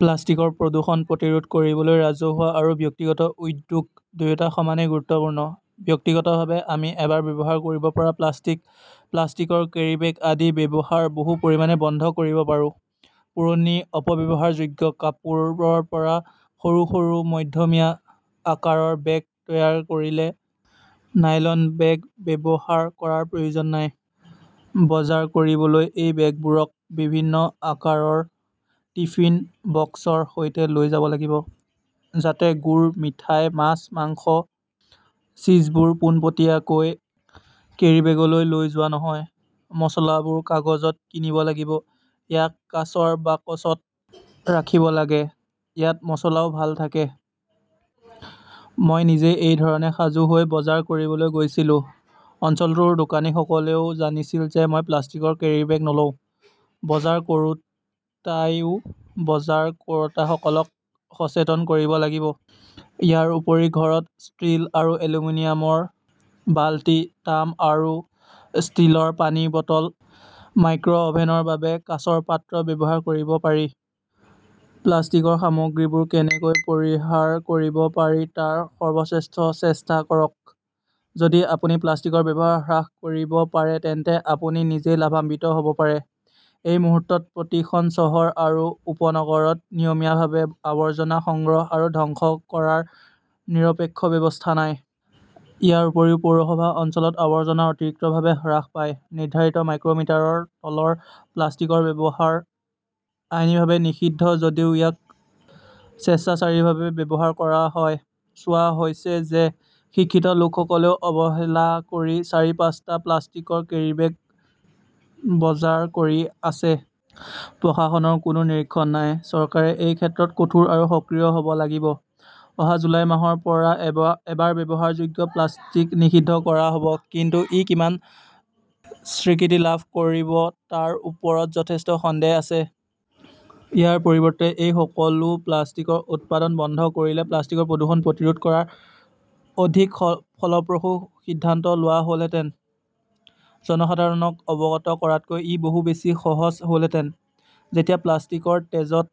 প্লাষ্টিকৰ প্ৰদূষণ প্ৰতিৰোধ কৰিবলৈ ৰাজহুৱা আৰু ব্যক্তিগত উদ্যোগ দুয়োটাই সমানেই গুৰুত্বপূৰ্ণ। ব্যক্তিগতভাৱে আমি এবাৰ ব্যৱহাৰ কৰিব পৰা প্লাষ্টিক, প্লাষ্টিকৰ কেৰিবেগ আদিৰ ব্যৱহাৰ বহু পৰিমাণে বন্ধ কৰিব পাৰোঁ। পুৰণি অপব্যৱহাৰযোগ্য কাপোৰৰ পৰা সৰু সৰু মধ্যমীয়া আকাৰৰ বেগ তৈয়াৰ কৰিলে নাইলন বেগ ব্যৱহাৰ কৰাৰ প্ৰয়োজন নাই। বজাৰ কৰিবলৈ, এই বেগবোৰক বিভিন্ন আকাৰৰ টিফিন বক্সৰ সৈতে লৈ যাব লাগিব যাতে গুড়, মিঠাই, মাছ, মাংস, চীজবোৰ পোনপটীয়াকৈ কেৰিব্যাগলৈ লৈ যোৱা নহয়। মচলাবোৰ কাগজত কিনিব লাগিব। ইয়াক কাঁচৰ বাকচত ৰাখিব লাগে, ইয়াত মছলাও ভাল থাকে। মই নিজেই এই ধৰণে সাজু হৈ বজাৰ কৰিবলৈ গৈছিলো। অঞ্চলটোৰ দোকানীসকলেও জানিছিল যে মই প্লাষ্টিকৰ কেৰীবেগ নলওঁ। বজাৰ কৰোঁতাইও বজাৰ কৰোঁতাসকলক সচেতন কৰিব লাগিব। ইয়াৰ উপৰিও ঘৰত ষ্টীল আৰু এলুমিনিয়ামৰ বালতি, তাম আৰু ষ্টীলৰ পানীৰ বটল, মাইক্ৰঅভেনৰ বাবে কাঁচৰ পাত্ৰ ব্যৱহাৰ কৰিব পাৰি। প্লাষ্টিকৰ সামগ্ৰীবোৰ কেনেকৈ পৰিহাৰ কৰিব পাৰি তাৰ সৰ্বশ্ৰেষ্ঠ চেষ্টা কৰক। যদি আপুনি প্লাষ্টিকৰ ব্যৱহাৰ হ্ৰাস কৰিব পাৰে তেন্তে আপুনি নিজেই লাভান্বিত হ'ব পাৰে। এই মুহূৰ্তত প্ৰতিখন চহৰ আৰু উপনগৰত নিয়মিতভাৱে আৱৰ্জনা সংগ্ৰহ আৰু ধ্বংস কৰাৰ নিৰপেক্ষ ব্যৱস্থা নাই। ইয়াৰ উপৰিও পৌৰসভা অঞ্চলত আৱৰ্জনা অতিৰিক্তভাৱে হ্ৰাস পায়। নিৰ্ধাৰিত মাইক্ৰমিটাৰৰ তলৰ প্লাষ্টিকৰ ব্যৱহাৰ আইনীভাৱে নিষিদ্ধ যদিও ইয়াক স্বেচ্ছাচাৰীভাৱে ব্যৱহাৰ কৰা হয়। চোৱা হৈছে যে শিক্ষিত লোকসকলেও অৱহেলা কৰি চাৰি-পাঁচটা প্লাষ্টিকৰ কেৰীবেগত বজাৰ কৰি আছে। প্ৰশাসনৰ কোনো নিৰীক্ষণ নাই। চৰকাৰে এই ক্ষেত্ৰত কঠোৰ আৰু সক্ৰিয় হ'ব লাগিব। অহা জুলাই মাহৰ পৰা এবাৰ ব্যৱহাৰযোগ্য প্লাষ্টিক নিষিদ্ধ কৰা হ'ব। কিন্তু ই কিমান স্বীকৃতি লাভ কৰিব তাৰ ওপৰত যথেষ্ট সন্দেহ আছে। ইয়াৰ পৰিৱৰ্তে, এই সকলো প্লাষ্টিকৰ উৎপাদন বন্ধ কৰিলে প্লাষ্টিকৰ প্ৰদূষণ প্ৰতিৰোধ কৰাৰ অধিক ফলপ্ৰসূ সিদ্ধান্ত লোৱা হ'লহেঁতেন। জনসাধাৰণক অৱগত কৰাতকৈ ই বহু বেছি সহজ হ'লহেঁতেন। যেতিয়া প্লাষ্টিকৰ তেজত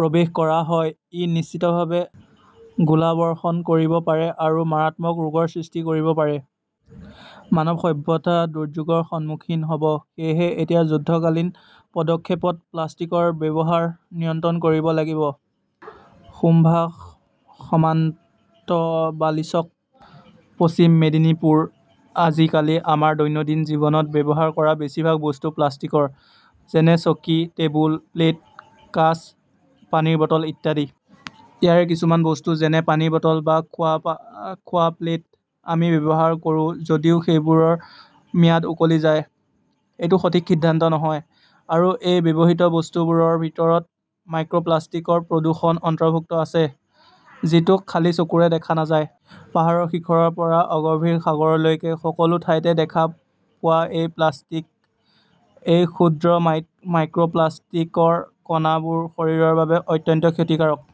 প্ৰৱেশ কৰা হয়, ই নিশ্চিতভাৱে গোলাবৰ্ষণ কৰিব পাৰে আৰু মাৰাত্মক ৰোগৰ সৃষ্টি কৰিব পাৰে। মানৱ সভ্যতা দুৰ্যোগৰ সন্মুখীন হ'ব। সেয়েহে এতিয়া যুদ্ধকালীন পদক্ষেপত প্লাষ্টিকৰ ব্যৱহাৰ নিয়ন্ত্ৰণ কৰিব লাগিব। শুভ্ৰা সামন্ত বালিচক, পশ্চিম মেদিনীপুৰ আজিকালি আমাৰ দৈনন্দিন জীৱনত ব্যৱহাৰ কৰা বেছিভাগ বস্তু প্লাষ্টিকৰ। যেনে চকী, টেবুল, প্লেট, কাঁচ, পানীৰ বটল ইত্যাদি। ইয়াৰে কিছুমান বস্তু, যেনে পানীৰ বটল বা খোৱা প্লেট, আমি ব্যৱহাৰ কৰোঁ যদিও সেইবোৰ ম্যাদ উকলি যায়। এইটো সঠিক সিদ্ধান্ত নহয়। আৰু এই ব্যৱহৃত বস্তুবোৰৰ ভিতৰত মাইক্ৰপ্লাষ্টিকৰ প্ৰদূষণ অন্তৰ্ভুক্ত আছে, যিটো খালী চকুৰে দেখা নাযায়। পাহাৰৰ শিখৰৰ পৰা অগভীৰ সাগৰলৈকে সকলো ঠাইতে দেখা পোৱা এই প্লাষ্টিক। এই ক্ষুদ্ৰ মাইক্ৰপ্লাষ্টিকৰ কণাবোৰ শৰীৰৰ বাবে অত্যন্ত ক্ষতিকাৰক।